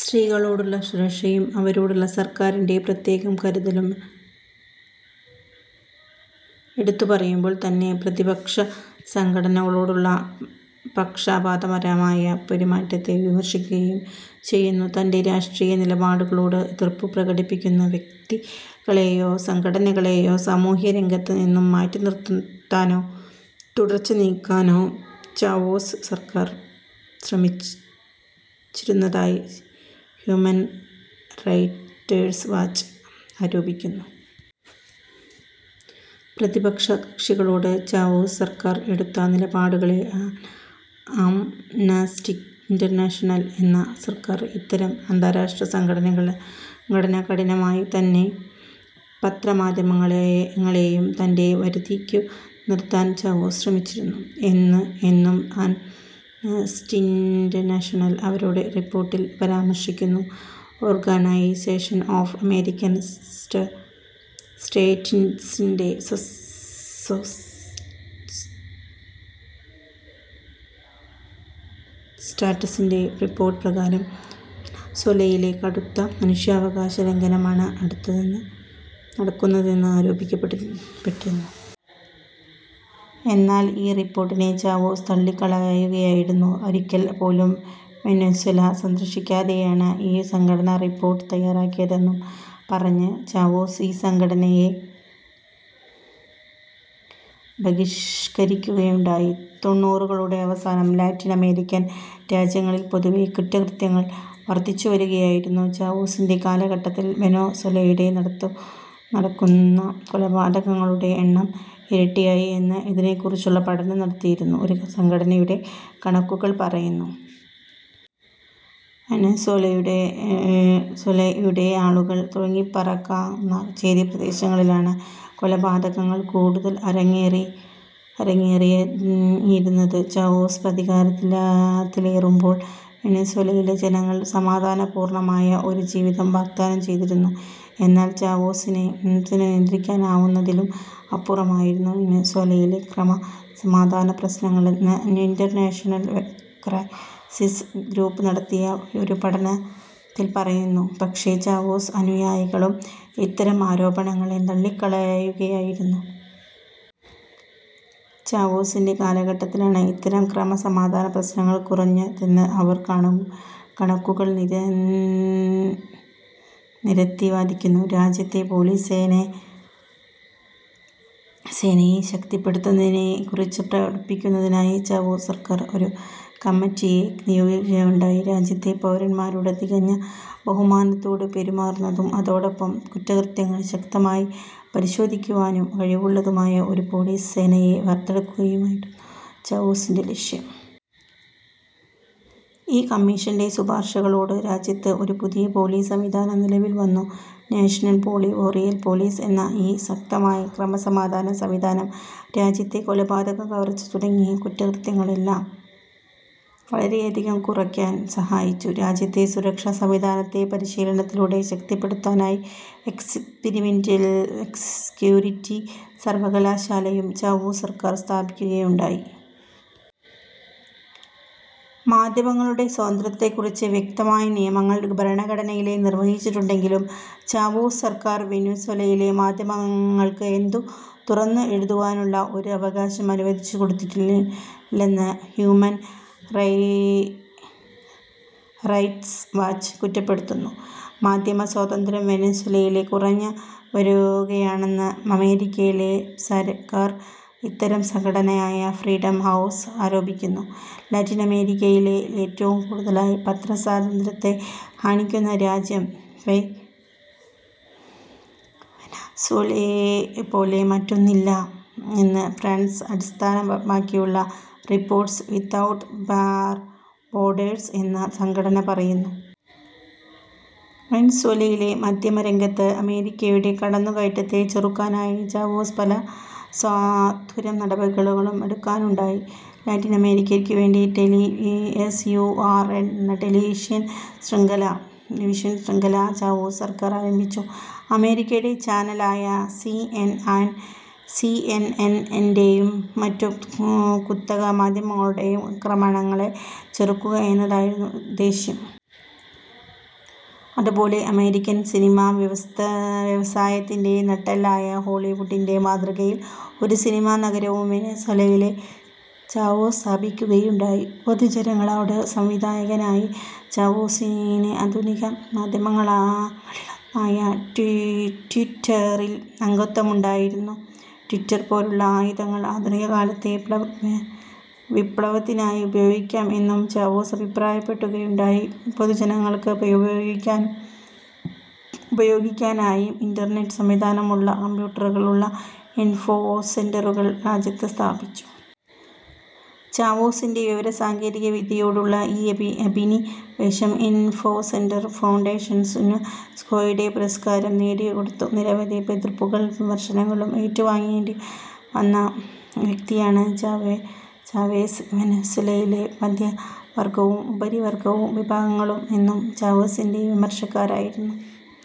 സ്ത്രീകളുടെ സുരക്ഷയും, അവരോടുള്ള സർക്കാരിന്റെ പ്രത്യേക കരുതലും എടുത്തു പറയുമ്പോൾ തന്നെ പ്രതിപക്ഷസംഘടനകളോടുള്ള പക്ഷപാതപരമായ പെരുമാറ്റത്തെ വിമർശിക്കുകയും ചെയ്യുന്നു. തൻ്റെ രാഷ്ട്രീയ നിലപാടുകളോട് എതിർപ്പു പ്രകടിപ്പിക്കുന്ന വ്യക്തികളേയോ സംഘടനകളേയോ സാമൂഹ്യരംഗത്ത് നിന്നും മാറ്റിനിർത്താനോ, തുടച്ചു നീക്കാനോ ചാവേസ് സർക്കാർ ശ്രമിച്ചിരുന്നതായി ഹ്യൂമൻ റൈറ്റ്സ് വാച്ച് ആരോപിക്കുന്നു. പ്രതിപക്ഷകക്ഷികളോട് ചാവേസ് സർക്കാർ എടുത്ത നിലപാടുകളെ ആംനസ്റ്റി ഇൻ്റർനാഷണൽ എന്ന സർക്കാർ ഇതര അന്താരാഷ്ട്ര സംഘടന കഠിനമായി തന്നെ വിമർശിക്കുന്നു. അതേപോലെ തന്നെ പത്രമാധ്യമങ്ങളെയും തൻ്റെ വരുതിക്കു നിർത്താൻ ചാവേസ് ശ്രമിച്ചിരുന്നു എന്നും ആംനസ്റ്റി ഇൻ്റർനാഷണൽ അവരുടെ റിപ്പോർട്ടിൽ പരാമർശിക്കുന്നു. ഓർഗനൈസേഷൻ ഓഫ് അമേരിക്കൻ സ്റ്റേറ്റ്സിൻ്റെ റിപ്പോർട്ട് പ്രകാരം വെനസ്വേലയിൽ കടുത്ത മനുഷ്യാവകാശലംഘനം ആണ് നടക്കുന്നതെന്ന് ആരോപിക്കപ്പെട്ടിരുന്നു. എന്നാൽ ഈ റിപ്പോർട്ടിനെ ചാവേസ് തള്ളിക്കളയുകയായിരുന്നു. ഒരിക്കൽ പോലും വെനസ്വേല സന്ദർശിക്കാതെയാണ് ഈ സംഘടന റിപ്പോർട്ട് തയ്യാറാക്കിയതെന്നും പറഞ്ഞ് ചാവേസ് ഈ സംഘടനയെ ബഹിഷ്കരിക്കുകയുണ്ടായി. തൊണ്ണുറുകളുടെ അവസാനം ലാറ്റിനമേരിക്കൻ രാജ്യങ്ങളിൽ പൊതുവേ കുറ്റകൃത്യങ്ങൾ വർദ്ധിച്ചുവരുകയായിരുന്നു. ചാവേസിൻ്റെ കാലഘട്ടത്തിൽ വെനസ്വേലയിൽ നടക്കുന്ന കൊലപാതകങ്ങളുടെ എണ്ണം ഇരട്ടിയായി എന്ന് ഇതിനെക്കുറിച്ചു പഠനം നടത്തിയ ഒരു സംഘടനയുടെ കണക്കുകൾ പറയുന്നു. വെനസ്വേലയുടെ ആളുകൾ തിങ്ങിപ്പാർക്കുന്ന ചേരിപ്രദേശങ്ങളിലാണ് കൊലപാതകങ്ങൾ കൂടുതൽ അരങ്ങേറിയിരുന്നത്. ചാവേസ് അധികാരത്തിലേറുമ്പോൾ വെനസ്വേലയിലെ ജനങ്ങൾക്ക് സമാധാനപൂർണ്ണമായ ഒരു ജീവിതം വാഗ്ദാനം ചെയ്തിരുന്നു. എന്നാൽ ചാവേസിനു നിയന്ത്രിക്കാനാവുന്നതിലും അപ്പുറമായിരുന്നു വെനസ്വേലയിലെ ക്രമസമാധാനപ്രശ്നങ്ങളെന്ന്, ഇന്റർനാഷണൽ ക്രൈസിസ് ഗ്രൂപ്പ് നടത്തിയ ഒരു പഠനത്തിൽ പറയുന്നു. പക്ഷേ ചാവേസും അനുയായികളും ഇത്തരം ആരോപണങ്ങളെ തള്ളിക്കളയുകയായിരുന്നു. ചാവേസിന്റെ കാലഘട്ടത്തിലാണ് ഇത്തരം ക്രമസമാധാനപ്രശ്നങ്ങൾ കുറഞ്ഞതെന്ന് അവർ കണക്കുകൾ നിരത്തി വാദിക്കുന്നു. രാജ്യത്തെ പോലീസ് സേനയെ ശക്തിപ്പെടുത്തുന്നതിനെക്കുറിച്ചു പഠിക്കുന്നതിനായി ചാവേസ് സർക്കാർ ഒരു കമ്മിറ്റിയെ നിയോഗിക്കുകയുണ്ടായി. രാജ്യത്തെ പൗരന്മാരോട് തികഞ്ഞ ബഹുമാനത്തോടെ പെരുമാറുന്നതും അതോടൊപ്പം കുറ്റകൃത്യങ്ങളെ ശക്തമായി പ്രതിരോധിക്കുവാൻ കഴിവുള്ളതുമായ ഒരു പോലീസ് സേനയെ വാർത്തെടുക്കുകയായിരുന്നു ചാവേസിന്റെ ലക്ഷ്യം. ഈ കമ്മീഷന്റെ ശുപാർശകളോടെ രാജ്യത്ത് ഒരു പുതിയ പോലീസ് സംവിധാനം നിലവിൽ വന്നു. നാഷണൽ ബൊളിവേറിയൻ പോലീസ് എന്ന ഈ ശക്തമായ ക്രമസമാധാന സംവിധാനം രാജ്യത്തെ കൊലപാതകം, കവർച്ച തുടങ്ങിയ കുറ്റകൃത്യങ്ങളെല്ലാം വളരെയധികം കുറക്കാൻ സഹായിച്ചു. രാജ്യത്തെ സുരക്ഷാസംവിധാനത്തെ പരിശീലനത്തിലൂടെ ശക്തിപ്പെടുത്താനായി എക്സിപിരിമെൻ്റൽ സെക്യൂരിറ്റി സർവ്വകലാശാലയും ചാവേസ് സർക്കാർ സ്ഥാപിക്കുകയുണ്ടായി. മാധ്യമങ്ങളുടെ സ്വാതന്ത്ര്യത്തെക്കുറിച്ച് വ്യക്തമായ നിയമങ്ങൾ ഭരണഘടനയിൽ നിർവചിച്ചിട്ടുണ്ടെങ്കിലും, ചാവേസ് സർക്കാർ വെനസ്വേലയിൽ മാധ്യമങ്ങൾക്ക് എന്തും തുറന്നു എഴുതുവാനുള്ള ഒരു അവകാശം അനുവദിച്ചുകൊടുത്തിട്ടില്ലെന്ന് ഹ്യൂമൻ റൈറ്റ്സ് വാച്ച് കുറ്റപ്പെടുത്തുന്നു. മാധ്യമസ്വാതന്ത്ര്യം വെനസ്വേലയിൽ കുറഞ്ഞുവരുകയാണെന്ന് അമേരിക്കയിലെ സര്ക്കാർ ഇതര സംഘടനയായ ഫ്രീഡം ഹൗസ് ആരോപിക്കുന്നു. ലാറ്റിനമേരിക്കയിൽ ഏറ്റവും കൂടുതലായി പത്രസ്വാതന്ത്ര്യത്തെ ഹനിക്കുന്ന രാജ്യം വെനസ്വേലയെപ്പോലെ മറ്റൊന്നില്ല എന്ന് ഫ്രാൻസ് അടിസ്ഥാനമാക്കിയുള്ള റിപ്പോർട്ടേഴ്സ് വിത്തൗട്ട് ബോർഡേഴ്സ് എന്ന സംഘടന പറയുന്നു. വെനസ്വേലയിൽ മാധ്യമരംഗത്ത് അമേരിക്കയുടെ കടന്നുകയറ്റത്തെ ചെറുക്കാനായി ചാവേസ് പല സത്വര നടപടികളും എടുക്കുകയുണ്ടായി. ലാറ്റിനമേരിക്കക്കു വേണ്ടി ടെലി എസ്. യു. ആർ എന്ന ടെലിവിഷൻ ശൃംഖല ചാവേസ് സർക്കാർ ആരംഭിച്ചു. അമേരിക്കയുടെ ചാനലായ സി. എൻ. എൻ ൻ്റെയും മറ്റു കുത്തക മാധ്യമങ്ങളുടേയും ആക്രമണങ്ങളെ ചെറുക്കുക എന്നതായിരുന്നു ഉദ്ദേശ്യം. അതുപോലെ അമേരിക്കൻ സിനിമാ വ്യവസായത്തിന്റെ നട്ടെല്ലായ ഹോളിവുഡിന്റെ മാതൃകയിൽ ഒരു സിനിമാ നഗരവും വെനസ്വേലയിൽ ചാവേസ് സ്ഥാപിക്കുകയുണ്ടായി. പൊതുജനങ്ങളോട് സംവദിക്കാനായി ചാവേസിന് ആധുനിക മാധ്യമങ്ങളിലൊന്നായ ട്വിറ്ററിൽ അംഗത്വമുണ്ടായിരുന്നു. ട്വിറ്റർ പോലുള്ള ആയുധങ്ങൾ ആധുനികകാലത്തെ വിപ്ലവത്തിനായി ഉപയോഗിക്കാം എന്നും ചാവേസ് അഭിപ്രായപ്പെടുകയുണ്ടായി. പൊതുജനങ്ങൾക്ക് ഉപയോഗിക്കാനായി ഇൻ്റർനെറ്റ് സംവിധാനമുള്ള കമ്പ്യൂട്ടറുകൾ ഉള്ള ഇൻഫോസെന്ററുകൾ രാജ്യത്ത് സ്ഥാപിച്ചു. ചാവേസിന്റെ വിവരസാങ്കേതികവിദ്യയോടുള്ള ഈ അഭിനിവേശം ഇൻഫോസെന്റർ ഫൗണ്ടേഷന് യുനെസ്കോയുടെ പുരസ്കാരം നേടിക്കൊടുത്തു. നിരവധി എതിർപ്പുകളും വിമർശനങ്ങളും ഏറ്റുവാങ്ങേണ്ടി വന്ന വ്യക്തിയാണ് ചാവെസ്. വെനസ്വേലയിലെ മധ്യവർഗ്ഗവും ഉപരിവർഗ്ഗ വിഭാഗങ്ങളും എന്നും ചാവെസിന്റെ വിമർശകരായിരുന്നു.